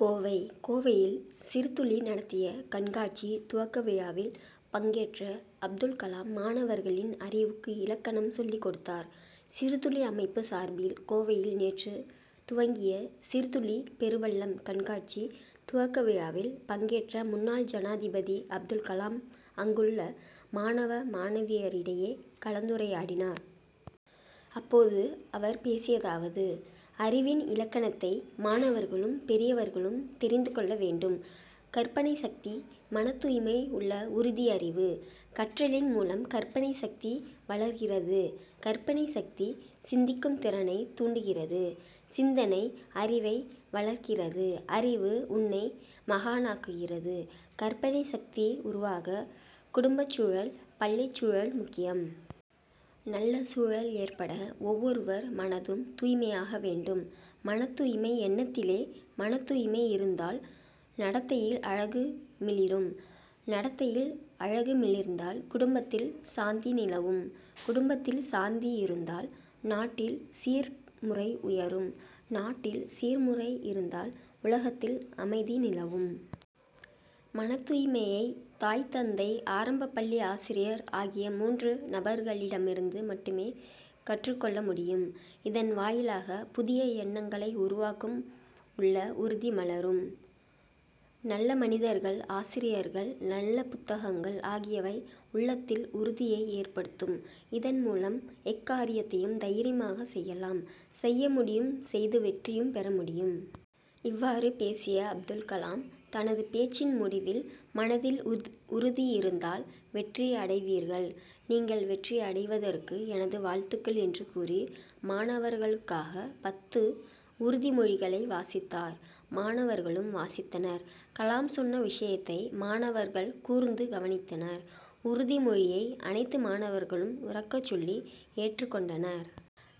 கோவை கோவையில் சிறுதுளி நடத்திய கண்காட்சி துவக்க விழாவில் பங்கேற்ற அப்துல் கலாம், மாணவர்களின் அறிவுக்கு இலக்கணம் சொல்லிக் கொடுத்தார். சிறுதுளி அமைப்பு சார்பில் கோவையில் நேற்று துவங்கிய சிறுதுளி பெருவெள்ளம்' கண்காட்சி துவக்க விழாவில் பங்கேற்ற முன்னாள் ஜனாதிபதி அப்துல் கலாம், அங்குள்ள மாணவ, மாணவியரிடையே கலந்துரையாடினார். அப்போது அவர் பேசியதாவது: அறிவின் இலக்கணத்தை மாணவர்களும், பெரியவர்களும் தெரிந்து கொள்ள வேண்டும். கற்பனை சக்தி மனத்தூய்மை உள்ள உறுதி அறிவு. கற்றலின் மூலம் கற்பனை சக்தி வளர்கிறது கற்பனை சக்தி, சிந்திக்கும் திறனை தூண்டுகிறது; சிந்தனை, அறிவை வளர்க்கிறது; அறிவு உன்னை மகானாக்குகிறது. கற்பனை சக்தி உருவாக குடும்பச்சூழல், பள்ளிச் சூழல் முக்கியம். நல்ல சூழல் ஏற்பட, ஒவ்வொருவர் மனதும் தூய்மையாக வேண்டும். மனத்தூய்மை எண்ணத்திலே மனத்தூய்மை இருந்தால் நடத்தையில் அழகு மிளிரும் நடத்தையில் அழகு மிளிர்ந்தால், குடும்பத்தில் சாந்தி நிலவும்; குடும்பத்தில் சாந்தி இருந்தால், நாட்டில் சீர் முறை உயரும் நாட்டில் சீர்முறை இருந்தால் உலகத்தில் அமைதி நிலவும். மனத்தூய்மையை தாய், தந்தை, ஆரம்பப்பள்ளி ஆசிரியர் ஆகிய மூன்று நபர்களிடமிருந்து மட்டுமே கற்றுக் கொள்ள முடியும். இதன் வாயிலாக புதிய எண்ணங்களை உருவாக்கும் உள்ள உறுதி மலரும். நல்ல மனிதர்கள், ஆசிரியர்கள், நல்ல புத்தகங்கள் ஆகியவை உள்ளத்தில் உறுதியை ஏற்படுத்தும், இதன் மூலம் எக்காரியத்தையும் தைரியமாக செய்யலாம் செய்ய முடியும் செய்து வெற்றியும் பெற முடியும். இவ்வாறு பேசிய அப்துல்கலாம், தனது பேச்சின் முடிவில், மனதில் உறுதி இருந்தால், வெற்றி அடைவீர்கள். நீங்கள் வெற்றி அடைவதற்கு எனது வாழ்த்துக்கள்' என்று கூறி மாணவர்களுக்காக பத்து உறுதி மொழிகளை வாசித்தார். மாணவர்களும் வாசித்தனர். கலாம் சொன்ன விஷயத்தை மாணவர்கள் கூர்ந்து கவனித்தனர். உறுதி மொழியை அனைத்து மாணவர்களும் உரக்கச் சொல்லி ஏற்றுக்கொண்டனர்.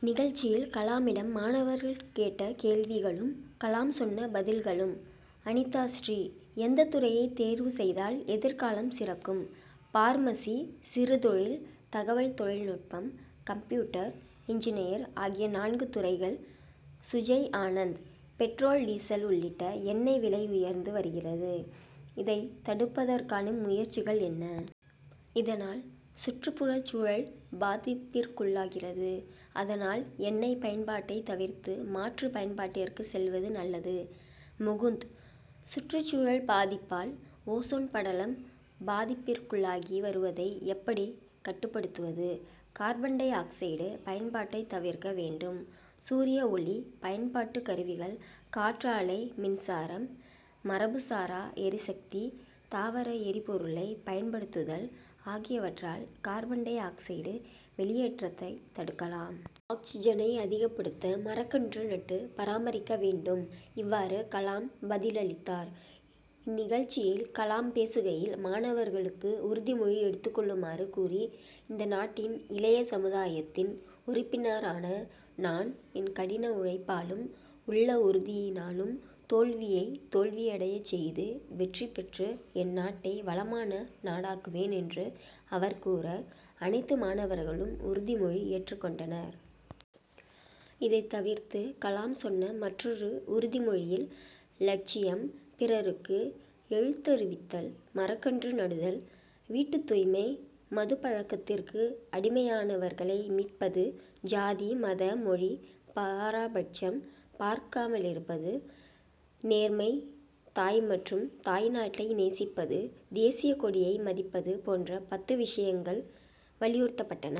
நிகழ்ச்சியில் கலாமிடம் மாணவர்கள் கேட்ட கேள்விகளும், கலாம் சொன்ன பதில்களும் அனிதாஸ்ரீ எந்த துறையை தேர்வு செய்தால் எதிர் காலம் சிறக்கும்? பார்மஸி, சிறுதொழில், தகவல் தொழில்நுட்பம், கம்ப்யூட்டர் இன்ஜினியர் ஆகிய நான்கு துறைகள். சுஜய் ஆனந்த்: பெட்ரோல் டீசல் உள்ளிட்ட எண்ணெய் விலை உயர்ந்து வருகிறது; இதைத் தடுப்பதற்கான முயற்சிகள் என்ன? இதனால் சுற்றுப்புறச் சூழல் பாதிப்பிற்குள்ளாகிறது. அதனால் எண்ணெய் பயன்பாட்டை தவிர்த்து மாற்று பயன்பாட்டிற்கு செல்வது நல்லது. முகுந்த்: சுற்றுச்சூழல் பாதிப்பால் ஓசோன் படலம் பாதிப்பிற்குள்ளாகி வருவதை எப்படி கட்டுப்படுத்துவது? கார்பன் டை ஆக்சைடு பயன்பாட்டை தவிர்க்க வேண்டும். சூரியஒளி பயன்பாட்டு கருவிகள், காற்றாலை மின்சாரம், மரபுசாரா எரிசக்தி, தாவர எரிபொருளை பயன் படுத்துதல் ஆகியவற்றால் கார்பன் டை ஆக்சைடு வெளியேற்றத்தை தடுக்கலாம். ஆக்சிஜனை அதிகப்படுத்த மரக்கன்று நட்டு பராமரிக்க வேண்டும். இவ்வாறு, கலாம் பதிலளித்தார். இந்நிகழ்ச்சியில் கலாம் பேசுகையில், மாணவர்களுக்கு உறுதிமொழி எடுத்துக்கொள்ளுமாறு கூறி, இந்த நாட்டின் இளைய சமுதாயத்தின் உறுப்பினரான நான், என் கடின உழைப்பாலும் உள்ள உறுதியினாலும், தோல்வியை தோல்வியடைச் செய்து, வெற்றி பெற்று என் நாட்டை வளமான நாடாக்குவேன், என்று அவர் கூற, அனைத்து மாணவர்களும் உறுதிமொழி ஏற்றுக்கொண்டனர். இதைத் தவிர்த்து, கலாம் சொன்ன மற்றொரு உறுதிமொழியில், லட்சியம், பிறருக்கு எழுத்தருவித்தல், மரக்கன்று நடுதல், வீட்டுத்தூய்மை, மதுப்பழக்கத்திற்கு அடிமையானவர்களை மீட்பது, ஜாதி, மத, மொழி பாரபட்சம் பார்க்காமலிருப்பது, நேர்மை, தாய் மற்றும் தாய்நாட்டை நேசிப்பது, தேசியக்கொடியை மதிப்பது' போன்ற பத்து விஷயங்கள் வலியுறுத்தப்பட்டன.